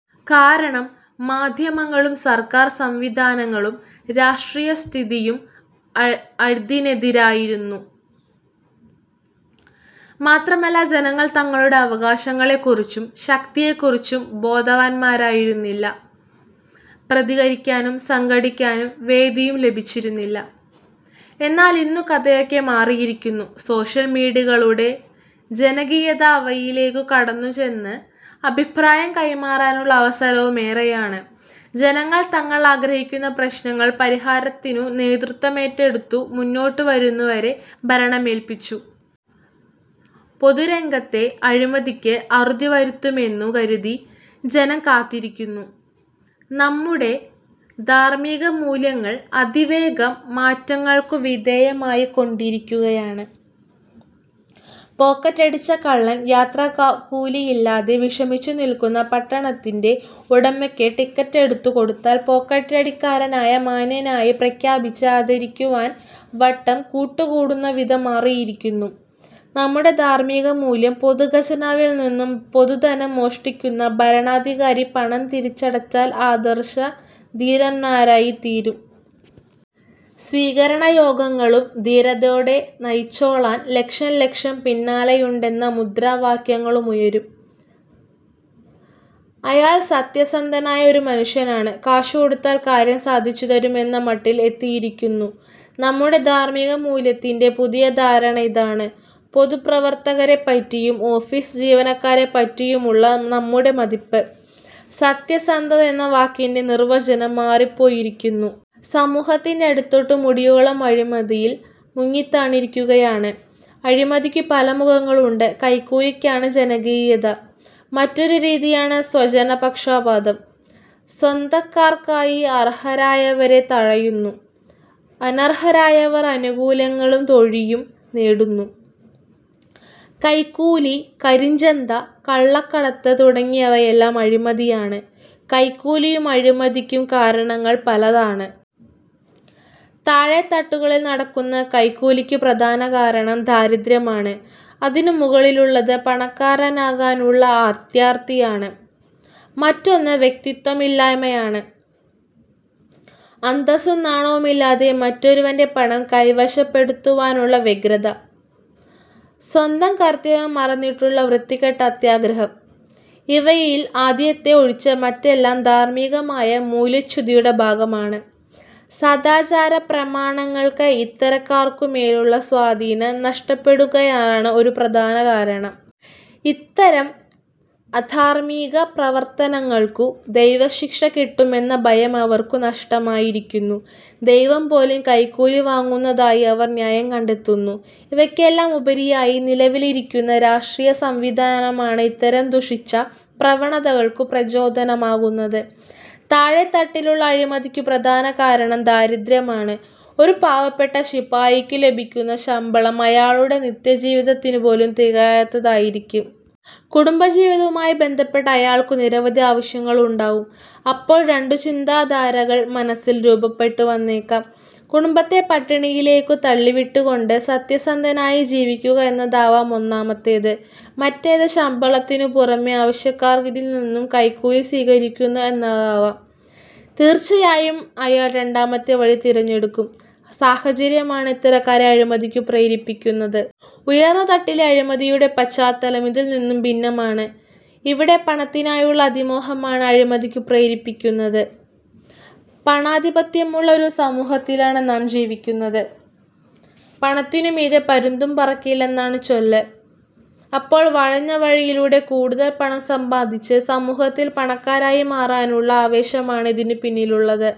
കാരണം, മാധ്യമങ്ങളും സർക്കാർ സംവിധാനങ്ങളും രാഷ്ട്രീയസ്ഥിതിയും അതിനെതിരെയാ യിരുന്നു. മാത്രമല്ല, ജനങ്ങൾ തങ്ങളുടെ അവകാശങ്ങളെക്കുറിച്ചും ശക്തിയെക്കുറിച്ചും ബോധവാന്മാരായിരുന്നില്ല. പ്രതികരിക്കാനും സംഘടിക്കാനും വേദിയും ലഭിച്ചിരുന്നില്ല. എന്നാൽ ഇന്നു കഥയാകെ മാറിയിരിക്കുന്നു. സോഷ്യൽ മീഡിയകളുടെ ജനകീയതയും അവയി ലേക്കു കടന്നുചെന്ന് അഭിപ്രായം കൈമാറാനുള്ള അവസരവും ഏറെ യാണ്. ജനങ്ങൾ തങ്ങൾ ആഗ്രഹിക്കുന്ന പ്രശ്നങ്ങളുടെ പരിഹാര ത്തിനു നേതൃത്വമേറ്റെടുത്തു മുന്നോട്ടുവന്നവരെ ഭരണമേല്പിച്ചു. പൊതുരംഗത്തെ അഴിമതിയ്ക്ക് അറുതിവരുമെന്നു കരുതി ജനം കാത്തിരിക്കുന്നു. നമ്മുടെ ധാർമ്മികമൂല്യങ്ങൾ അതിവേഗം മാറ്റങ്ങൾക്കു വിധേയ മായിക്കൊണ്ടിരിക്കുകയാണ്. പോക്കറ്റടിച്ച കള്ളൻ യാത്രാക്കൂലിയി ല്ലാതെ വിഷമിച്ചുനിൽക്കുന്ന പണത്തിന്റെ ഉടമയ്ക്ക് ടിക്കറ്റെടുത്തു കൊടുത്താൽ പോക്കറ്റടിക്കാരനെ മാന്യനായി പ്രഖ്യാപിച്ച് ആദരിക്കു വാൻ വട്ടം കൂട്ടുന്നവിധം മാറിയിരിക്കുന്നു നമ്മുടെ ധാർമ്മികമൂല്യം. പൊതുഖജനാവിൽനിന്നും പൊതുധനം മോഷ്ടിക്കുന്ന ഭരണാധികാരി പണം തിരിച്ചടച്ചാൽ ആദർശധീരനായിമാറും. സ്വീകരണയോഗങ്ങളും ധീരതയോടെ നയിച്ചോളാൻ ലക്ഷംലക്ഷം പിന്നാലെയുണ്ടെന്ന മുദ്രാ വാക്യങ്ങളുമുയരും. അയാൾ സത്യസന്ധനായ ഒരു മനുഷ്യനാണ്, കാശുകൊടുത്താൽ കാര്യം സാധിച്ചുതരും എന്ന മട്ടിൽ എത്തിയിരി ക്കുന്നു നമ്മുടെ ധാർമ്മികമൂല്യത്തിന്റെ പുതിയ ധാരണ. ഇതാണ് പൊതുപ്രവർത്തകരെപറ്റിയും ഓഫീസ് ജീവനക്കാരെപറ്റിയുമുള്ള നമ്മുടെ മതിപ്പ്. സത്യസന്ധത എന്ന വാക്കിന്റെ നിർവ്വചനം മാറിപ്പോ യിരിക്കുന്നു. സമൂഹത്തിന്റെ അടിതൊട്ടു മുടിയോളം അഴിമതിയിൽ മുങ്ങിത്താണിരിക്കുകയാണ്. അഴിമതിക്കു പല മുഖങ്ങളുണ്ട്. കൈക്കൂലി ക്കാണ് ജനകീയത. മറ്റൊരു രീതിയാണ് സ്വജനപക്ഷപാതം. സ്വന്ത ക്കാർക്കായി അർഹരായവരെ തഴയുന്നു. അനർഹരായവർ ആനുകൂ ല്യങ്ങളും തൊഴിലും നേടുന്നു. കൈക്കൂലി, കരിഞ്ചന്ത, കള്ളക്കടത്ത് തുടങ്ങിയവ യെല്ലാം അഴിമതിയാണ്. കൈക്കൂലിക്കും അഴിമതിക്കും കാരണങ്ങൾ പലതാണ്. താഴേ തട്ടുകളിൽ നടക്കുന്ന കൈക്കൂലിക്കു പ്രധാന കാരണം ദാരിദ്ര്യമാണ്. അതിനു മുകളിലുള്ളത് പണക്കാരനാകാനുള്ള അത്യാർത്തിയാണ്. മറ്റൊന്ന് വ്യക്തിത്വമില്ലായ്മയാണ്. അന്തസ്സും നാണവുമില്ലാതെ മറ്റൊ രുവന്റെ പണം കൈവശപ്പെടുത്തുവാനുള്ള വ്യഗ്രത. സ്വന്തം കർത്തവ്യം മറന്നുള്ള വൃത്തികെട്ട അത്യാഗ്രഹം. ഇവയിൽ ആദ്യത്തെ ഒഴിച്ച് മറ്റെല്ലാം ധാർമ്മികമായ മൂല്യച്യുതിയുടെ ഭാഗമാണ്. സദാചാരപ്രമാണങ്ങൾക്ക് ഇത്തരക്കാർക്കുമേലുള്ള സ്വാധീനം നഷ്ടപ്പെടുന്നതാണ് ഒരു പ്രധാന കാരണം. ഇത്തരം അധാർമ്മിക പ്രവർത്തനങ്ങൾക്കു ദൈവശിക്ഷ കിട്ടുമെന്ന ഭയം അവർക്കു നഷ്ടമായിരിക്കുന്നു. ദൈവംപോലും കൈക്കൂലി വാങ്ങുന്നതായി അവർ ന്യായം കണ്ടെത്തുന്നു. ഇവയ് ക്കെല്ലാം ഉപരിയായി നിലവിലിരിക്കുന്ന രാഷ്ട്രീയസംവിധാനമാണ് ഇത്തരം ദുഷിച്ച പ്രവണതകൾക്കു പ്രചോദനമാകുന്നത്. താഴെ തട്ടിലുള്ള അഴിമതിക്കു പ്രധാന കാരണം ദാരിദ്ര്യമാണ്. ഒരു പാവപ്പെട്ട ശിപായിക്കു ലഭിക്കുന്ന ശമ്പളം അയാളുടെ നിത്യജീവിത ത്തിനുപോലും തികയാത്തതായിരിക്കും. കുടുംബജീവിതവുമായി ബന്ധപ്പെട്ട് അയാൾക്കു നിരവധി ആവശ്യങ്ങളുണ്ടാകാം. അപ്പോൾ രണ്ടു ചിന്താധാരകൾ മനസ്സിൽ രൂപപ്പെട്ടുവന്നേക്കാം. കുടുംബത്ത പട്ടിണിയിലേക്കു തള്ളിവിട്ടുകൊണ്ട് സത്യസന്ധനായി ജീവിക്കുക എന്നതാവാം ഒന്നാമത്തേത്. മറ്റേത് ശമ്പളത്തിനു പുറമേ ആവശ്യക്കാ രിൽനിന്നും കൈക്കൂലി സ്വീകരിക്കുക എന്നതാവും. തീർച്ചയായും അയാൾ രണ്ടാമത്തെ വഴി തിരഞ്ഞെടുക്കും. സാഹചര്യമാണ് ഇത്ത രക്കാരെ അഴിമതിക്കു പ്രേരിപ്പിക്കുന്നത്. ഉയർന്ന തട്ടിലെ അഴിമതിയുടെ പശ്ചാത്തലം ഇതിൽനിന്നും ഭിന്ന മാണ്. ഇവിടെ പണത്തിനായുള്ള അതിമോഹമാണ് അഴിമതിക്കു പ്രരിപ്പിക്കുന്നത്. പണാധിപത്യമുള്ള ഒരു സമൂഹത്തിലാണ് നാം ജീവി ക്കുന്നത്. പണത്തിനു മീതേ പരുന്തും പറക്കില്ലെന്നാണ് ചൊല്ല്. അപ്പോൾ വളഞ്ഞവഴിയിലൂടെ കൂടുതൽ പണം സമ്പാദിച്ച് സമൂഹത്തിൽ പണ ക്കാരനായി മാറാനുള്ള ആവേശമാണ് ഇതിനു പിന്നിലുള്ളത്.